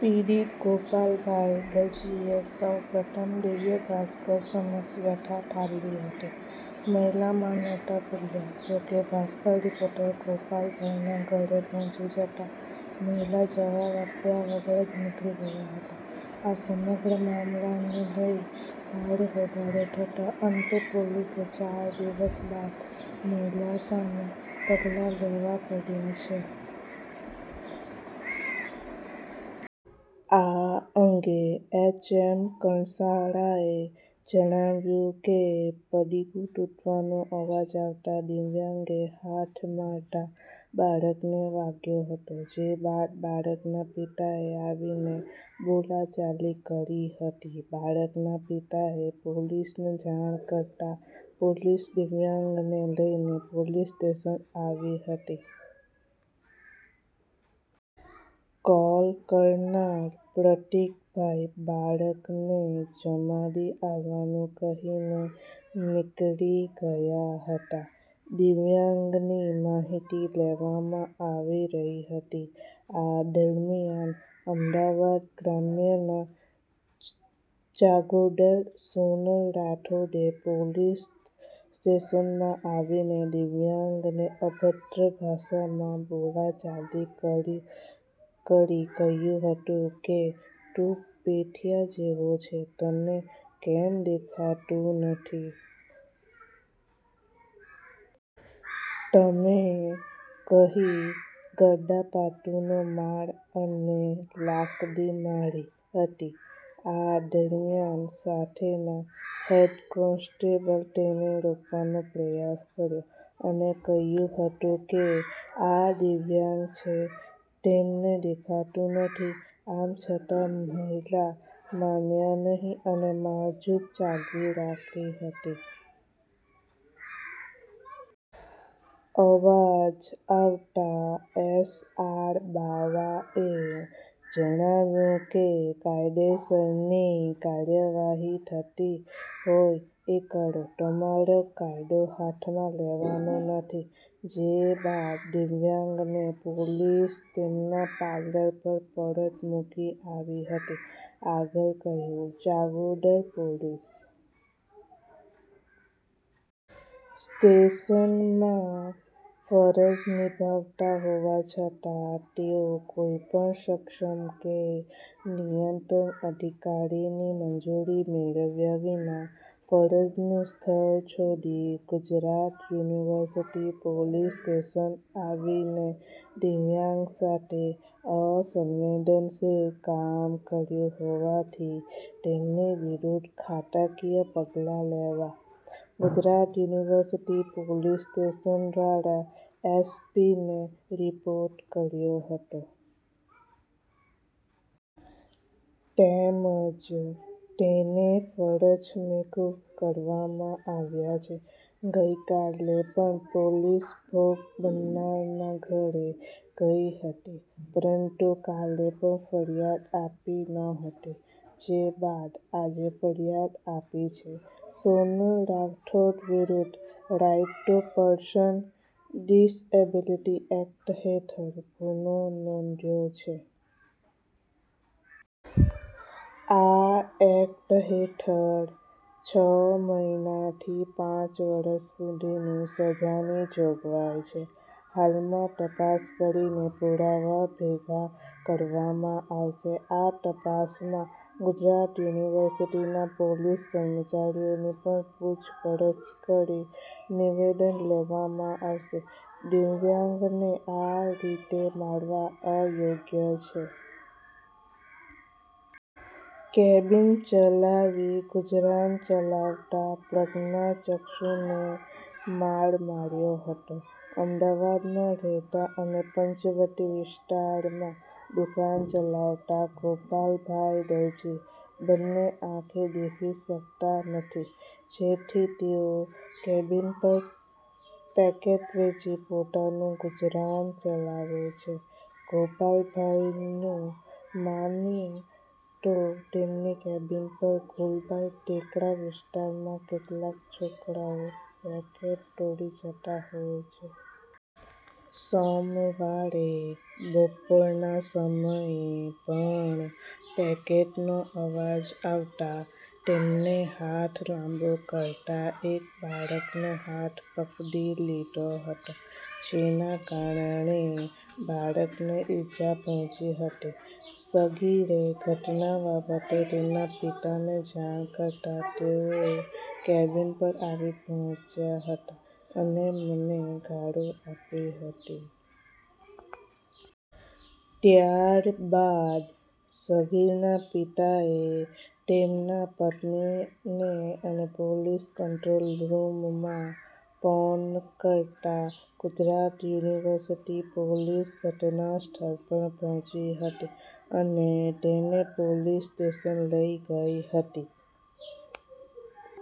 પીડિત ગોપાલભાઈ દરજીએ સૌ પ્રથમ દિવ્ય ભાસ્કર સમક્ષ વ્યથા ઠાલવી હતી. મહિલા માનવતા ભૂલ્યા. જો કે, ભાસ્કર રિપોર્ટર ગોપાલભાઈના ઘરે પહોંચી જતા મહિલા જવાબ આપ્યા વગર જ નીકળી ગયા હતા. આ સમગ્ર મામલાને લઈ ભારે હોબાળો થતા અંતે પોલીસે ચાર દિવસ બાદ મહિલા સામે પગલાં લેવા પડ્યા છે. આ અંગે એચ. એમ કણસારાએ જણાવ્યું કે "પડીકું તૂટવાનો અવાજ આવતા દિવ્યાંગે હાથ મારતા બાળકને વાગ્યો હતો. જે બાદ બાળકના પિતાએ આવીને બોલાચાલી કરી હતી. બાળકના પિતાએ પોલીસને જાણ કરતા પોલીસ દિવ્યાંગને લઈને પોલીસ સ્ટેશન આવી હતી." કોલ કરનાર પ્રતિકભાઈ બાળકને જમાડી આવવાનું કહીને નીકળી ગયા હતા. દિવ્યાંગની માહિતી લેવામાં આવી રહી હતી. આ દરમિયાન અમદાવાદ ગ્રામ્યના ચાગોદર સોનલ રાઠોડે પોલીસ સ્ટેશનમાં આવીને દિવ્યાંગને અભદ્ર ભાષામાં બોલાચાલી કરી કરી કહ્યું હતું કે, "તું પેઠીયા જેવો છે, તને કેમ દેખાતું નથી? તમે કહી ગડદાપાટુનો માર અને લાકડી મારી હતી." આ દરમિયાન સાથેના હેડ કોન્સ્ટેબલ તેને રોકવાનો પ્રયાસ કર્યો અને કહ્યું હતું કે, "આ દિવ્યાંગ છે, તેમને દેખાતું નથી.' આમ છતાં મહિલા માન્યા નહીં અને મારઝૂડ ચાલુ રાખી હતી. અવાજ આવતા એસ. આર. બાવાએ જણાવ્યું કે, "કાયદેસરની કાર્યવાહી થતી હોય એ કરો તમારે કાયદો હાથમાં લેવાનો નથી." જે બાદ દિવ્યાંગને પોલીસ તેમના પાર્લર પર પરત મૂકી આવી હતી. આગળ કહ્યું, "ચાગોદર પોલીસ સ્ટેશનમાં ફરજ નિભાવતા હોવા છતાં તેઓ કોઈપણ સક્ષમ કે નિયંત્રણ અધિકારીની મંજૂરી મેળવ્યા વિના ફરજનું સ્થળ છોડી ગુજરાત યુનિવર્સિટી પોલીસ સ્ટેશન આવીને દિવ્યાંગ સાથે અસંવેદનશીલ કામ કર્યું હોવાથી તેમની વિરુદ્ધ ખાતાકીય પગલાં લેવા ગુજરાત યુનિવર્સિટી પોલીસ સ્ટેશન દ્વારા એસ પીને રિપોર્ટ કર્યો હતો. તેમજ તેને ફરજ મોકૂફ કરવામાં આવ્યા છે. ગઈકાલે પણ પોલીસ ભોગ બનનારના ઘરે ગઈ હતી, પરંતુ કાલે પણ ફરિયાદ આપી નહોતી. જે બાદ આજે ફરિયાદ આપી છે. સોનલ રાઠોડ વિરુદ્ધ right to person disability act હેઠળ ગુનો નોંધ્યો છે. આ એક્ટ હેઠળ છ મહિનાથી પાંચ વર્ષ સુધીની સજાની જોગવાઈ છે. હાલમાં તપાસ કરીને પુરાવા ભેગા કરવામાં આવશે. આ તપાસમાં ગુજરાત યુનિવર્સિટીના પોલીસ કર્મચારીઓની પણ પૂછપરછ કરી નિવેદન લેવામાં આવશે. દિવ્યાંગને આ રીતે મારવા અયોગ્ય છે. કેબીન ચલાવી ગુજરાન ચલાવતા પ્રજ્ઞાચક્ષુને માર માર્યો હતો. અમદાવાદમાં રહેતા અને પંચવટી વિસ્તારમાં દુકાન ચલાવતા ગોપાલભાઈ દરજી બંને આંખે દેખી શકતા નથી. જેથી તેઓ કેબીન પર પેકેટ વેચી પોતાનું ગુજરાન ચલાવે છે. ગોપાલભાઈનું માનીએ તો, તેમની કેબીન પર ગુલબાઈ ટેકરા વિસ્તારમાં કેટલાક છોકરાઓ પેકેટ તોડી જતા હોય છે. સોમવારે બપોરના સમયે પણ પેકેટનો અવાજ આવતા તેમને હાથ લાંબો કરતા એક બાળકનો હાથ પકડી લીધો હતો. જેના કારણે બાળકને ઈજા પહોંચી હતી. સગીરે ઘટના બાબતે તેના પિતાને જાણ કરતા તેઓ કેબીન પર આવી પહોંચ્યા હતા, અને મને ગાળો આપી હતી. ત્યારબાદ સગીરના પિતાએ તેમના પત્નીને અને પોલીસ કંટ્રોલ રૂમમાં ફોન કરતા ગુજરાત યુનિવર્સિટી પોલીસ ઘટનાસ્થળ પર પહોંચી હતી. અને તેને પોલીસ સ્ટેશન લઈ ગઈ હતી.